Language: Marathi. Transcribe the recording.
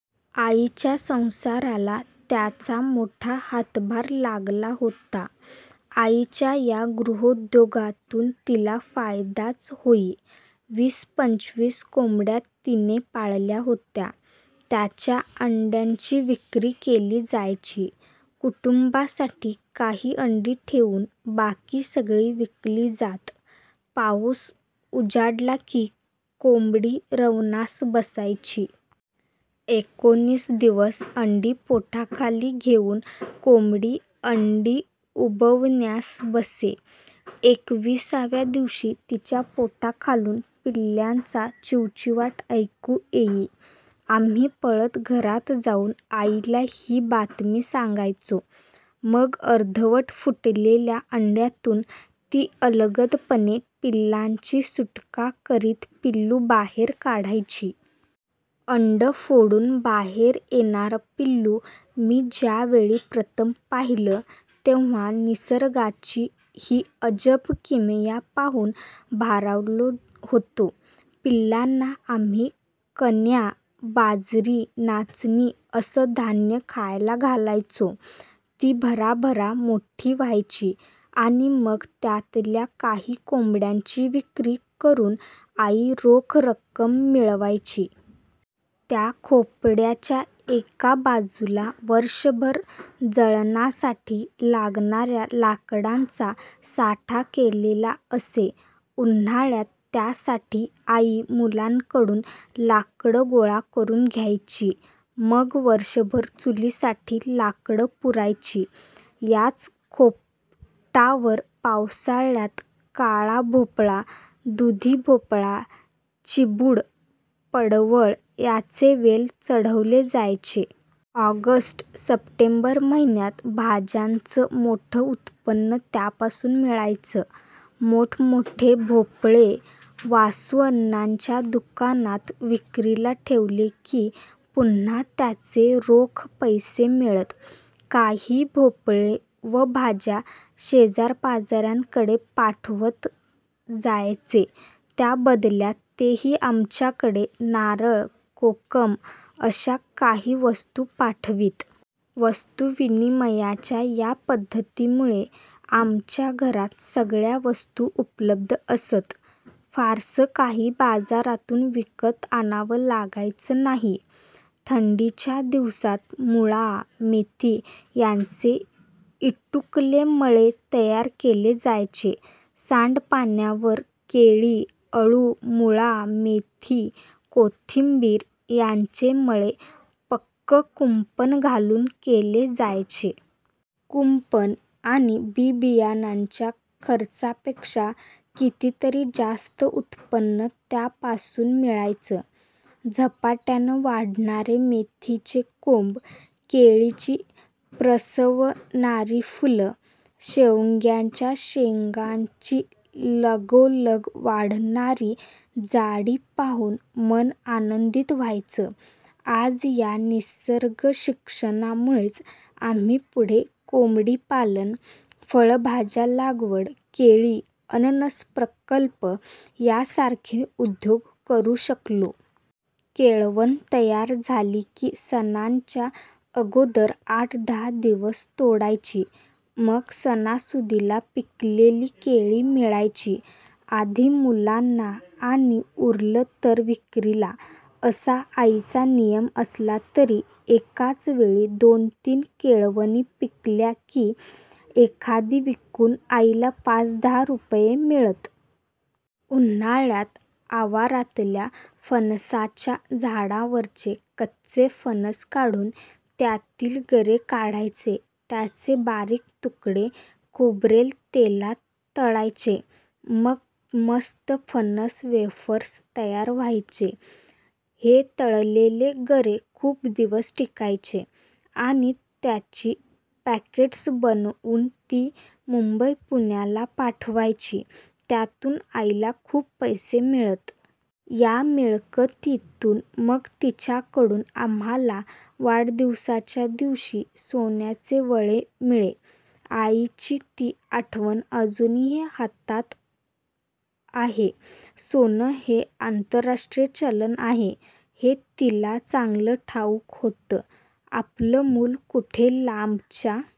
आईच्या संसाराला त्यांचा मोठा हातभार लागला होता. आईच्या या गृहोद्योगातून तिला फायदाच होई. वीस-पंचवीस कोंबड्या तिने पाळल्या होत्या, त्यांच्या अंड्यांची विक्री केली जायची. कुटुंबासाठी काही अंडी ठेवून बाकी सगळी विकली जात. पाऊस उजाडला की, कोंबडी रवणास बसवायची. एकोणीस दिवस अंडी पोटाखाली घेऊन कोंबडी अंडी उबवण्यास बसे; एकविसाव्या दिवशी तिच्या पोटाखालून पिल्लांचा चिवचिवाट ऐकू येई. आम्ही पळत घरात जाऊन आईला ही बातमी सांगायचो. मग अर्धवट फुटलेल्या अंड्यातून ती अलगदपणे पिल्लाची सुटका करीत पिल्लू बाहेर काढायची. अंडं फोडून बाहेर येणारं पिल्लू मी ज्यावेळी प्रथम पाहिलं, तेव्हा निसर्गाची ही अजब किमया पाहून भारावलो होतो. पिल्लांना आम्ही कण्या, बाजरी, नाचणी असं धान्य खायला घालायचो. ती भराभरा मोठी व्हायची आणि मग त्यातल्या काही कोंबड्यांची विक्री करून आई रोख रक्कम मिळवायची. त्या खोपटाच्या एका बाजूला वर्षभर जळणासाठी लागणाऱ्या लाकडाचा साठा केलेला असे. उन्हाळ्यात त्यासाठी आई मुलांकडून लाकडं गोळा करून घ्यायची; मग वर्षभर चुलीसाठी लाकडं पुरायची. याच खोपटावर पावसाळ्यात काळा भोपळा, दुधी भोपळा, चिबूड, पडवळ यांचे वेल चढवले जायचे. ऑगस्ट, सप्टेंबर महिन्यात भाज्यांचं मोठं उत्पन्न त्यापासून मिळायचं. मोठमोठे भोपळे वासुअण्णांच्या दुकानात विक्रीला ठेवले की, पुन्हा त्याचे रोख पैसे मिळत. काही भोपळे व भाज्या शेजारपाजाऱ्यांकडे पाठवत जायचे, त्या बदल्यात तेही आमच्याकडे नारळ, कोकम अशा काही वस्तू पाठवीत. वस्तू-विनिमयाच्या या पद्धतीमुळे आमच्या घरात सगळ्या वस्तू उपलब्ध असत; फारसं काही बाजारातून विकत आणावं लागायचं नाही. थंडीच्या दिवसांत मुळा, मेथी यांचे इटुकले मळे तयार केले जायचे. सांडपाण्यावर केळी, अळू, मुळा, मेथी, कोथिंबीर यांचे मळे पक्कं कुंपण घालून केले जायचे. कुंपण आणि बी-बियाणांच्या खर्चापेक्षा कितीतरी जास्त उत्पन्न त्यापासून मिळायचं. झपाट्यानं वाढणारे मेथीचे कोंब, केळीची प्रसवणारी फुलं, शेवग्याच्या शेंगांची लगोलग वाढणारी जाडी पाहून मन आनंदित व्हायचं. आज या निसर्गशिक्षणामुळेच आम्ही पुढे कोंबडीपालन, फळभाज्या लागवड, केळी, अननस प्रकल्प यांसारखे उद्योग करू शकलो. केळवण तयार झाली की सणाच्या अगोदर आठ-दहा दिवस तोडायची; मग सणासुदीला पिकलेली केळी मिळायची. आधी मुलांना आणि उरलं तर विक्रीला, असा आईचा नियम असला तरी एकाच वेळी दोन-तीन केळवणी पिकल्या की, एखादी विकून आईला पाच-दहा रुपये मिळत. उन्हाळ्यात आवारातल्या फणसाच्या झाडांवरचे कच्चे फणस काढून त्यातील गरे काढायचे, त्यांचे बारीक तुकडे खोबरेल तेलात तळायचे. मग मस्त फणस वेफर्स तयार व्हायचे. हे तळलेले गरे खूप दिवस टिकायचे आणि त्याची पॅकेट्स बनवून ती मुंबई-पुण्याला पाठवायची; त्यातून आईला खूप पैसे मिळत. या मिळकतीतून मग तिच्याकडून आम्हांला वाढदिवसाच्या दिवशी सोन्याचे वळे मिळे. आईची ती आठवण अजूनही हातात आहे. सोनं हे आंतरराष्ट्रीय चलन आहे, हे तिला चांगलं ठावूक होतं. आपलं मूल कुठे लांबच्या